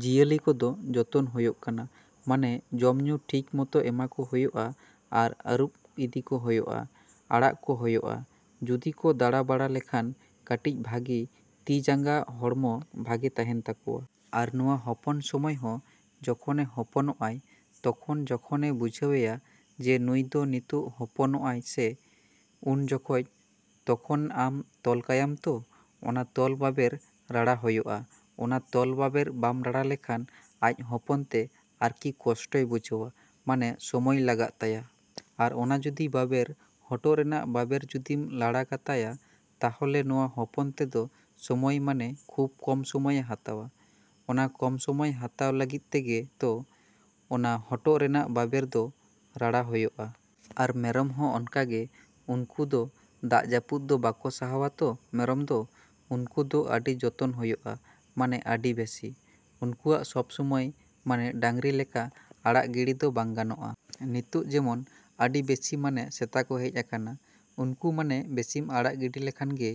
‎ᱡᱤᱭᱟᱹᱞᱤ ᱠᱚᱫᱚ ᱡᱚᱛᱚᱱ ᱦᱩᱭᱩᱜ ᱠᱟᱱᱟ᱾ ᱢᱟᱱᱮ ᱡᱚᱢ, ᱧᱩ ᱴᱷᱤᱠ ᱢᱚᱛᱚ ᱮᱢᱟ ᱠᱚ ᱦᱩᱭᱩᱜᱼᱟ ᱟᱨ ᱟᱨᱩᱵ ᱤᱫᱤ ᱠᱚ ᱦᱩᱭᱩᱜᱼᱟ, ᱟᱲᱟᱜ ᱠᱚ ᱦᱩᱭᱩᱜᱼᱟ᱾ ᱡᱩᱫᱤ ᱠᱚ ᱫᱟᱬᱟ ᱵᱟᱲᱟ ᱞᱮᱠᱷᱟᱱ ᱠᱟᱹᱴᱤᱡ ᱵᱷᱟᱜᱮ ᱛᱤ, ᱡᱟᱸᱜᱟ ᱦᱚᱲᱢᱚ ᱵᱷᱟᱜᱮ ᱛᱟᱦᱮᱱ ᱛᱟᱠᱚᱣᱟ᱾ ᱟᱨ ᱱᱚᱣᱟ ᱦᱚᱯᱚᱱ ᱥᱚᱢᱚᱭ ᱦᱚᱸ ᱡᱮᱢᱚᱱ ᱦᱚᱯᱚᱱᱚᱜᱼᱟᱭ ᱛᱚᱠᱷᱚᱱ ᱡᱚᱠᱷᱚᱱᱮ ᱵᱩᱡᱷᱟᱹᱣᱮᱭᱟ ᱡᱮ ᱱᱩᱭ ᱫᱚ ᱱᱤᱛᱳᱜ ᱦᱚᱯᱚᱱᱚᱜᱼᱟᱭ ᱥᱮ, ᱩᱱ ᱡᱚᱠᱷᱚᱡ ᱛᱚᱠᱷᱚᱱ ᱟᱢ ᱛᱚᱞ ᱠᱟᱭᱟᱢ ᱛᱚ, ᱚᱱᱟ ᱛᱚᱞ ᱵᱟᱵᱮᱨ ᱨᱟᱲᱟ ᱦᱩᱭᱩᱜᱼᱟ᱾ ᱚᱱᱟ ᱛᱚᱞ ᱵᱟᱵᱮᱨ ᱵᱟᱢ ᱨᱟᱲᱟ ᱞᱮᱠᱷᱟᱱ ᱟᱡ ᱦᱚᱯᱚᱱ ᱛᱮ ᱟᱨᱠᱤ ᱠᱚᱥᱴᱚᱭ ᱵᱩᱡᱷᱟᱹᱣᱟ, ᱢᱟᱱᱮ ᱥᱚᱢᱚᱭ ᱞᱟᱜᱟᱜ ᱛᱟᱭᱟ᱾ ᱟᱨ ᱚᱱᱟ ᱡᱩᱫᱤ ᱵᱟᱵᱮᱨ ᱦᱚᱴᱚᱨ ᱨᱮᱱᱟᱜ ᱵᱟᱵᱮᱨ ᱡᱩᱫᱤᱢ ᱞᱟᱲᱟ ᱠᱟᱛᱟᱭᱟ ᱛᱟᱦᱞᱮ ᱱᱚᱣᱟ ᱦᱚᱯᱚᱱ ᱛᱮᱫᱚ ᱥᱚᱢᱚᱭ ᱢᱟᱱᱮ ᱠᱷᱩᱵ ᱠᱚᱢ ᱥᱚᱢᱚᱭᱮ ᱦᱟᱛᱟᱣᱟ᱾ ᱚᱱᱟ ᱠᱚᱢ ᱥᱚᱢᱚᱭ ᱦᱟᱛᱟᱣ ᱞᱟᱹᱜᱤᱫ ᱛᱮᱜᱮ ᱛᱚ ᱚᱱᱟ ᱦᱚᱴᱚᱜ ᱨᱮᱱᱟᱜ ᱵᱟᱵᱮᱨ ᱠᱚᱫᱚ ᱨᱟᱲᱟ ᱦᱩᱭᱩᱜᱼᱟ᱾ ᱟᱨ ᱢᱮᱨᱚᱢ ᱦᱚᱸ ᱚᱱᱠᱟ ᱜᱮ ᱩᱱᱠᱩ ᱫᱚ ᱫᱟᱜ ᱡᱟᱯᱩᱫ ᱫᱚ ᱵᱟᱠᱚ ᱥᱟᱦᱟᱣᱟ ᱛᱚ ᱢᱮᱨᱚᱢ ᱫᱚ᱾ ᱩᱱᱠᱩ ᱫᱚ ᱟᱹᱰᱤ ᱡᱚᱛᱚᱱ ᱦᱩᱭᱩᱜᱼᱟ ᱢᱟᱱᱮ ᱟᱹᱰᱤ ᱵᱮᱥᱤ᱾ ᱩᱱᱠᱩᱣᱟᱜ ᱥᱚᱵᱥᱚᱢᱚᱭ ᱢᱟᱱᱮ ᱰᱟᱝᱨᱤ ᱞᱮᱠᱟ ᱟᱲᱟᱜ ᱜᱤᱲᱤ ᱫᱚ ᱵᱟᱝ ᱜᱟᱱᱚᱜᱼᱟ᱾ ᱱᱤᱛᱳᱜ ᱡᱮᱢᱚᱱ ᱟᱹᱰᱤ ᱵᱮᱥᱤ ᱢᱟᱱᱮ ᱥᱮᱛᱟ ᱠᱚ ᱦᱮᱡ ᱟᱠᱟᱱᱟ᱾ ᱩᱱᱠᱩ ᱢᱟᱱᱮ ᱵᱮᱥᱤᱢ ᱟᱲᱟᱜ ᱜᱤᱰᱤ ᱞᱮᱠᱷᱟᱱ ᱜᱮ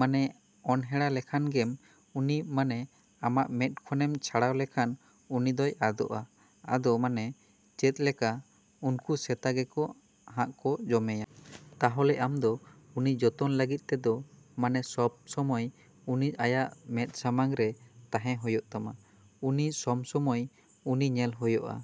ᱢᱟᱱᱮ ᱚᱱᱦᱮᱞᱟ ᱞᱮᱠᱷᱟᱱ ᱜᱮᱢ ᱩᱱᱤ ᱢᱟᱱᱮ ᱟᱢᱟᱜ ᱢᱮᱫ ᱠᱷᱚᱱᱮᱢ ᱪᱷᱟᱲᱟᱣ ᱞᱮᱠᱷᱟᱱ ᱩᱱᱤ ᱫᱚᱭ ᱟᱫᱚᱜᱼᱟ᱾ ᱟᱫᱚ ᱢᱟᱱᱮ ᱪᱮᱫᱞᱮᱠᱟ ᱩᱱᱠᱩ ᱥᱮᱛᱟ ᱜᱮᱠᱚ ᱦᱟᱸᱜ ᱠᱚ ᱡᱚᱢᱮᱭᱟ᱾ ᱛᱟᱦᱚᱞᱮ ᱟᱢ ᱫᱚ ᱩᱱᱤ ᱡᱚᱛᱚᱱ ᱞᱟᱹᱜᱤᱫ ᱛᱮᱫᱚ ᱢᱟᱱᱮ ᱥᱚᱵ ᱥᱚᱢᱚᱭ ᱩᱱᱤ ᱟᱭᱟᱜ ᱢᱮᱫ ᱥᱟᱢᱟᱝ ᱨᱮ ᱛᱟᱦᱮᱸ ᱦᱩᱭᱩᱜ ᱛᱟᱢᱟ᱾ ᱩᱱᱤ ᱥᱚᱢ ᱥᱚᱢᱚᱭ ᱟᱢ ᱩᱱᱤ ᱧᱮᱞ ᱦᱩᱭᱩᱜᱼᱟ᱾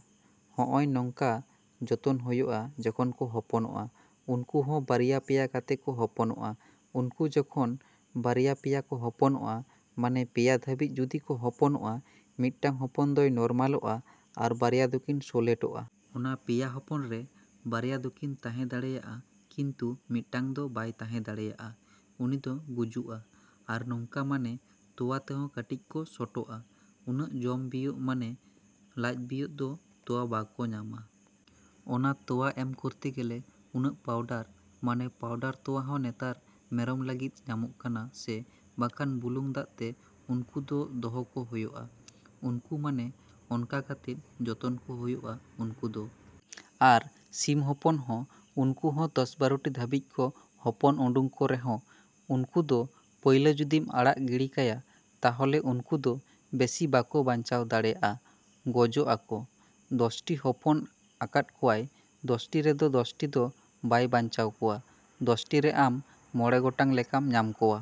ᱦᱚᱜᱼᱚᱭ ᱱᱚᱝᱠᱟ ᱡᱚᱛᱚᱱ ᱦᱩᱭᱩᱜ ᱟ ᱡᱚᱠᱷᱚᱱ ᱠᱚ ᱦᱚᱯᱚᱱᱚᱜᱼᱟ, ᱩᱱᱠᱩ ᱦᱚᱸ ᱵᱟᱨᱭᱟ ᱯᱮᱭᱟ ᱠᱟᱛᱮ ᱠᱚ ᱦᱚᱯᱚᱱᱚᱜᱼᱟ, ᱩᱱᱠᱩ ᱡᱚᱠᱷᱚᱱ ᱵᱟᱨᱭᱟ ᱯᱮᱭᱟ ᱠᱚ ᱦᱚᱯᱚᱱᱚᱜᱼᱟ, ᱢᱟᱱᱮ ᱯᱮᱭᱟ ᱫᱟᱹᱵᱤᱡ ᱡᱩᱫᱤ ᱠᱚ ᱦᱚᱯᱚᱱᱚᱜᱼᱟ, ᱢᱤᱫᱴᱟᱝ ᱦᱚᱯᱚᱱ ᱫᱚᱭ ᱱᱚᱨᱢᱟᱞᱚᱜᱼᱟ ᱟᱨ ᱵᱟᱨᱭᱟ ᱫᱚᱠᱤᱱ ᱥᱳᱞᱮᱴᱚᱜᱼᱟ᱾ ᱚᱱᱟ ᱯᱮᱭᱟ ᱦᱚᱯᱚᱱ ᱨᱮ ᱵᱟᱨᱭᱟ ᱫᱚ ᱠᱤᱱ ᱛᱟᱦᱮᱸ ᱫᱟᱲᱭᱟᱜᱼᱟ᱾ ᱠᱤᱱᱛᱩ ᱢᱮᱫᱴᱟᱝ ᱫᱚ ᱵᱟᱭ ᱛᱟᱦᱮᱸ ᱫᱟᱲᱮᱭᱟᱜᱼᱟ᱾ ᱩᱱᱤ ᱫᱚ ᱜᱩᱡᱩᱜᱼᱟ᱾ ᱟᱨ ᱱᱚᱝᱠᱟ ᱢᱟᱱᱮ ᱛᱳᱣᱟ ᱛᱮᱦᱚᱸ ᱠᱟᱹᱴᱤᱡ ᱠᱚ ᱥᱚᱴᱚᱜᱼᱟ᱾ ᱩᱱᱟᱹᱜ ᱡᱚᱢ ᱵᱤᱭᱳᱜ ᱢᱟᱱᱮ ᱞᱟᱡ ᱵᱤᱭᱳᱜ ᱫᱚ ᱛᱳᱣᱟ ᱵᱟᱠᱚ ᱧᱟᱢᱟ᱾ ᱚᱱᱟ ᱛᱳᱣᱟ ᱮᱢ ᱠᱚᱨᱛᱮ ᱜᱮᱞᱮ ᱩᱱᱟᱹᱜ ᱯᱟᱣᱰᱟᱨ, ᱢᱟᱱᱮ ᱯᱟᱣᱰᱟᱨ ᱛᱳᱣᱟ ᱦᱚᱸ ᱱᱮᱛᱟᱨ ᱢᱮᱨᱚᱢ ᱞᱟᱹᱜᱤᱫ ᱧᱟᱢᱚᱜ ᱠᱟᱱᱟ ᱥᱮ ᱵᱟᱠᱷᱟᱱ ᱵᱩᱞᱩᱝ ᱫᱟᱜᱛᱮᱫ ᱩᱱᱠᱩ ᱫᱚ ᱫᱚᱦᱚ ᱠᱚ ᱦᱩᱭᱩᱜᱼᱟ᱾ ᱩᱱᱠᱩ ᱢᱟᱱᱮ ᱚᱱᱠᱟ ᱠᱟᱛᱮ ᱡᱚᱛᱚᱱ ᱠᱚ ᱦᱩᱭᱩᱜᱼᱟ ᱩᱱᱠᱩ ᱫᱚ᱾ ᱟᱨ ᱥᱤᱢ ᱦᱚᱸ ᱩᱱᱠᱩ ᱦᱚᱸ ᱫᱚᱥ ᱵᱟᱨᱚᱴᱤ ᱫᱷᱟᱹᱵᱤᱡ ᱠᱚ ᱦᱚᱯᱚᱱ ᱩᱰᱩᱝ ᱠᱚ ᱨᱮᱦᱚᱸ ᱩᱱᱠᱩ ᱫᱚ ᱯᱟᱹᱭᱞᱟᱹ ᱡᱩᱫᱤᱢ ᱟᱲᱟᱜ ᱜᱤᱲᱤ ᱠᱟᱭᱟ ᱛᱟᱦᱚᱞᱮ ᱩᱱᱠᱩ ᱫᱚ ᱵᱮᱥᱤ ᱵᱟᱠᱚ ᱵᱟᱧᱪᱟᱣ ᱫᱟᱲᱮᱭᱟᱜᱼᱟ, ᱜᱩᱡᱩᱜᱼᱟ ‎ᱠᱚ᱾ ᱫᱚᱥᱴᱤ ᱦᱚᱯᱚᱱ ᱟᱠᱟᱜ ᱠᱚᱣᱟᱭ, ᱫᱚᱥᱴᱤ ᱨᱮᱫᱚ ᱫᱚᱥᱴᱤ ᱫᱚ ᱵᱟᱭ ᱵᱟᱧᱪᱟᱣ ᱠᱚᱣᱟ᱾ ᱫᱚᱥᱴᱤ ᱨᱮ ᱟᱢ ᱢᱚᱬᱮ ᱜᱚᱴᱟᱝ ᱞᱮᱠᱟᱢ ᱧᱟᱢ ᱠᱚᱣᱟ᱾